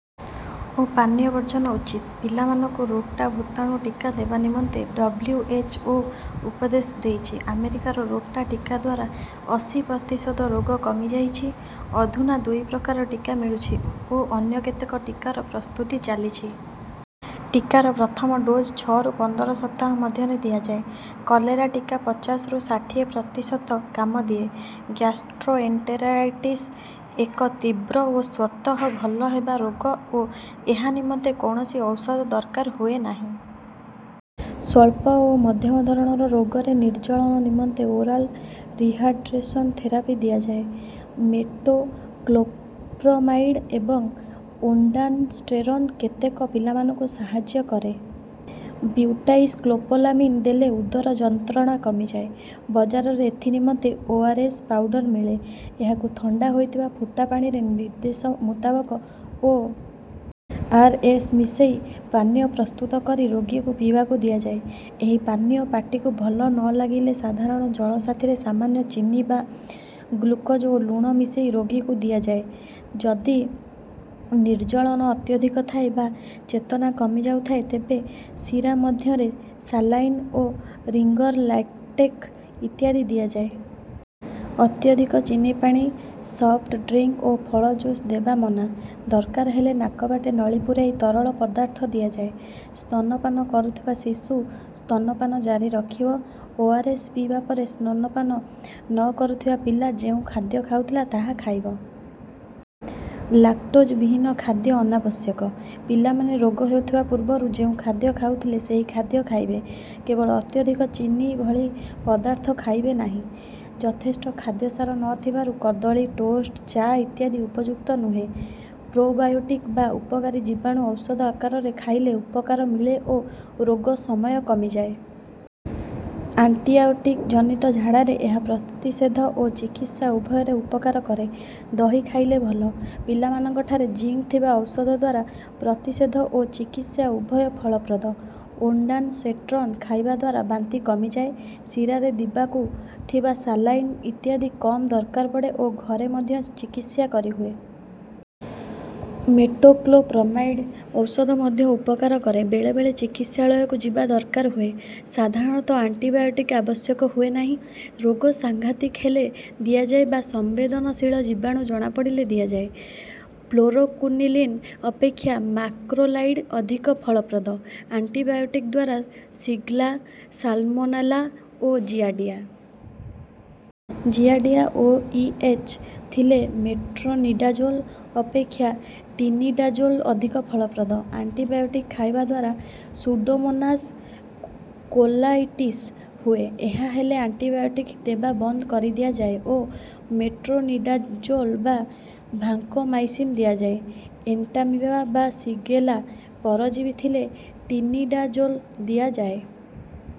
ଓ ପାନୀୟ ବର୍ଜନ ଉଚିତ। ପିଲାମାନଙ୍କୁ ରୋଟା ଭୁତାଣୁ ଟୀକା ଦେବା ନିମନ୍ତେ ଡବ୍ଲ୍ୟୁ. ଏଚ୍. ଓ. ଉପଦେଶ ଦେଇଛି। ଆମେରିକାର ରୋଟା ଟୀକାଦ୍ୱାରା ଅଶି ପ୍ରତିଶତ ରୋଗ କମି ଯାଇଛି। ଅଧୁନା ଦୁଇ ପ୍ରକାର ଟୀକା ମିଳୁଛି ଓ ଅନ୍ୟ କେତେକ ଟୀକାର ପ୍ରସ୍ତୁତି ଚାଲିଛି। ଟୀକାର ପ୍ରଥମ ଡୋଜ ଛଅ ରୁ ପନ୍ଦର ସପ୍ତାହ ମଧ୍ୟରେ ଦିଆଯାଏ। କଲେରା ଟୀକା ପଚାଶ ରୁ ଷାଠିଏ ପ୍ରତିଶତ କାମ ଦିଏ। ଗ୍ଯାସ୍ଟ୍ରୋଏଣ୍ଟେରାଇଟିସ୍ ଏକ ତୀବ୍ର ଓ ସ୍ୱତଃ ଭଲ ହେବା ରୋଗ ଓ ଏହା ନିମନ୍ତେ କୌଣସି ଔଷଧ ଦରକାର ହୁଏ ନାହିଁ। ସ୍ୱଳ୍ପ ଓ ମଧ୍ୟମ ଧରଣର ରୋଗରେ ନିର୍ଜଳନ ନିମନ୍ତେ ଓରାଲ ରିହାଡ୍ରେସନ ଥେରାପି ଦିଆଯାଏ। ମେଟୋକ୍ଲୋପ୍ରମାଇଡ୍ ଏବଂ ଓନ୍ଡାନସ୍ଟେରନ କେତେକ ପିଲାମାନଙ୍କୁ ସାହଯ୍ୟ କରେ। ବ୍ୟୁଟାଇଲ୍ସ୍କୋପୋଲାମିନ୍ ଦେଲେ ଉଦର ଯନ୍ତ୍ରଣା କମିଯାଏ। ବଜାରରେ ଏଥି ନିମନ୍ତେ ଓ. ଆର. ଏସ୍. ପାଉଡର ମିଳେ। ଏହାକୁ ଥଣ୍ଡା ହୋଇଥିବା ଫୁଟା ପାଣିରେ ନିର୍ଦ୍ଦେଶ ମୁତାବକ ଓ. ଆର୍. ଏସ୍. ମିଶେଇ ପାନୀୟ ପ୍ରସ୍ତୁତ କରି ରୋଗୀକୁ ପିଇବାକୁ ଦିଆଯାଏ। ଏହି ପାନୀୟ ପାଟିକୁ ଭଲ ନ ଲାଗିଲେ ସାଧାରଣ ଜଳ ସାଥିରେ ସାମାନ୍ୟ ଚିନି ବା ଗ୍ଲୁକୋଜ ଓ ଲୁଣ ମିଶେଇ ରୋଗୀକୁ ଦିଆଯାଏ। ଯଦି ନିର୍ଜଳନ ଅତ୍ୟଧିକ ଥାଏ ବା ଚେତନା କମି ଯାଉଥାଏ ତେବେ ଶୀରା ମଧ୍ୟରେ ସାଲାଇନ୍ ଓ ରିଙ୍ଗର ଲାକ୍ଟେଟ ଇତ୍ୟାଦି ଦିଆଯାଏ। ଅତ୍ୟଧିକ ଚିନି ପାଣି, ସଫ୍ଟ ଡ୍ରିଙ୍କ ଓ ଫଳ ଜୁସ ଦେବା ମନା। ଦରକାର ହେଲେ ନାକ ବାଟେ ନଳି ପୁରାଇ ତରଳ ପଦାର୍ଥ ଦିଆଯାଏ। ସ୍ତନ ପାନ କରୁଥିବା ଶିଶୁ ସ୍ତନ ପାନ ଜାରି ରଖିବ। ଓ. ଆର୍. ଏସ୍. ପିଇବା ପରେ ସ୍ତନ ପାନ ନ କରୁଥିବା ପିଲା ଯେଉଁ ଖାଦ୍ୟ ଖାଉଥିଲା ତାହା ଖାଇବ। ଲାକ୍ଟୋଜ ବିହୀନ ଖାଦ୍ୟ ଅନାବଶ୍ୟକ। ପିଲାମାନେ ରୋଗ ହେଉଥିବା ପୂର୍ବରୁ ଯେଉଁ ଖାଦ୍ୟ ଖାଉଥିଲେ ସେହି ଖାଦ୍ୟ ଖାଇବେ, କେବଳ ଅତ୍ୟଧିକ ଚିନି ଭଳି ପଦାର୍ଥ ଖାଇବେ ନାହିଁ। ଯଥେଷ୍ଟ ଖାଦ୍ୟ ସାର ନ ଥିବାରୁ କଦଳୀ, ଟୋଷ୍ଟ୍, ଚା ଇତ୍ୟାଦି ଉପଯୁକ୍ତ ନୁହେଁ। ପ୍ରୋବାୟୋଟିକ ବା ଉପକାରୀ ଜୀବାଣୁ ଔଷଧ ଆକାରରେ ଖାଇଲେ ଉପକାର ମିଳେ ଓ ରୋଗ ସମୟ କମିଯାଏ। ଆଣ୍ଟିଆୟୋଟିକ ଜନିତ ଝାଡାରେ ଏହା ପ୍ରତିଷେଧ ଓ ଚିକିତ୍ସା ଉଭୟରେ ଉପକାର କରେ। ଦହି ଖାଇଲେ ଭଲ। ପିଲାମାନଙ୍କଠାରେ ଜିଙ୍କ ଥିବା ଔଷଧଦ୍ୱାରା ପ୍ରତିଷେଧ ଓ ଚିକିତ୍ସା ଉଭୟ ଫଳପ୍ରଦ। ଓଣ୍ଡାନ୍ ସେଟ୍ରନ ଖାଇବାଦ୍ୱାରା ବାନ୍ତି କମିଯାଏ, ଶିରାରେ ଦିବାକୁ ଥିବା ସାଲାଇନ୍ ଇତ୍ୟାଦି କମ୍ ଦରକାର ପଡେ ଓ ଘରେ ମଧ୍ୟ ଚିକିତ୍ସା କରିହୁଏ। ମେଟୋକ୍ଲୋପ୍ରାମାଇଡ୍ ଔଷଧ ମଧ୍ୟ ଉପକାର କରେ। ବେଳେ ବେଳେ ଚିକିତ୍ସାଳୟକୁ ଯିବା ଦରକାର ହୁଏ। ସଧାରଣତଃ ଆଣ୍ଟିବାୟୋଟିକ୍ ଆବଶ୍ୟକ ହୁଏ ନାହିଁ, ରୋଗ ସାଂଘାତିକ ହେଲେ ଦିଆଯାଏ ବା ସମ୍ବେଦନଶୀଳ ଜୀବାଣୁ ଜଣା ପଡ଼ିଲେ ଦିଆଯାଏ। ଫ୍ଲୋରୋକୁନିଲିନ୍ ଅପେକ୍ଷା ମାକ୍ରୋଲାଇଡ ଅଧିକ ଫଳପ୍ରଦ। ଆଣ୍ଟିବାୟୋଟିକଦ୍ୱାରା ସିଗଲା, ସାଲମୋନେଲା ଓ ଜିଆଡିଆ। ଜିଆଡିଆ ଓ ଇ. ଏଚ୍ ଥିଲେ ମେଟ୍ରୋନିଡାଜୋଲ୍ ଅପେକ୍ଷା ଟିନିଡାଜୋଲ୍ ଅଧିକ ଫଳପ୍ରଦ। ଆଣ୍ଟିବାୟୋଟିକ୍ ଖାଇବା ଦ୍ୱାର ସୁଡୋମୋନାସ୍ କୋଲାଇଟିସ୍ ହୁଏ। ଏହା ହେଲେ ଆଣ୍ଟିବାୟୋଟିକ୍ ଦେବା ବନ୍ଦ କରିଦିଆ ଯାଏ ଓ ମେଟ୍ରୋନିଡାଜୋଲ୍ ବା ଭାଙ୍କୋମାଇସିନ୍ ଦିଆଯାଏ। ଏଣ୍ଟାମିବା ବା ସିଗେଲା ପରଜୀବି ଥିଲେ ଟିନିଡାଜୋଲ୍ ଦିଆଯାଏ।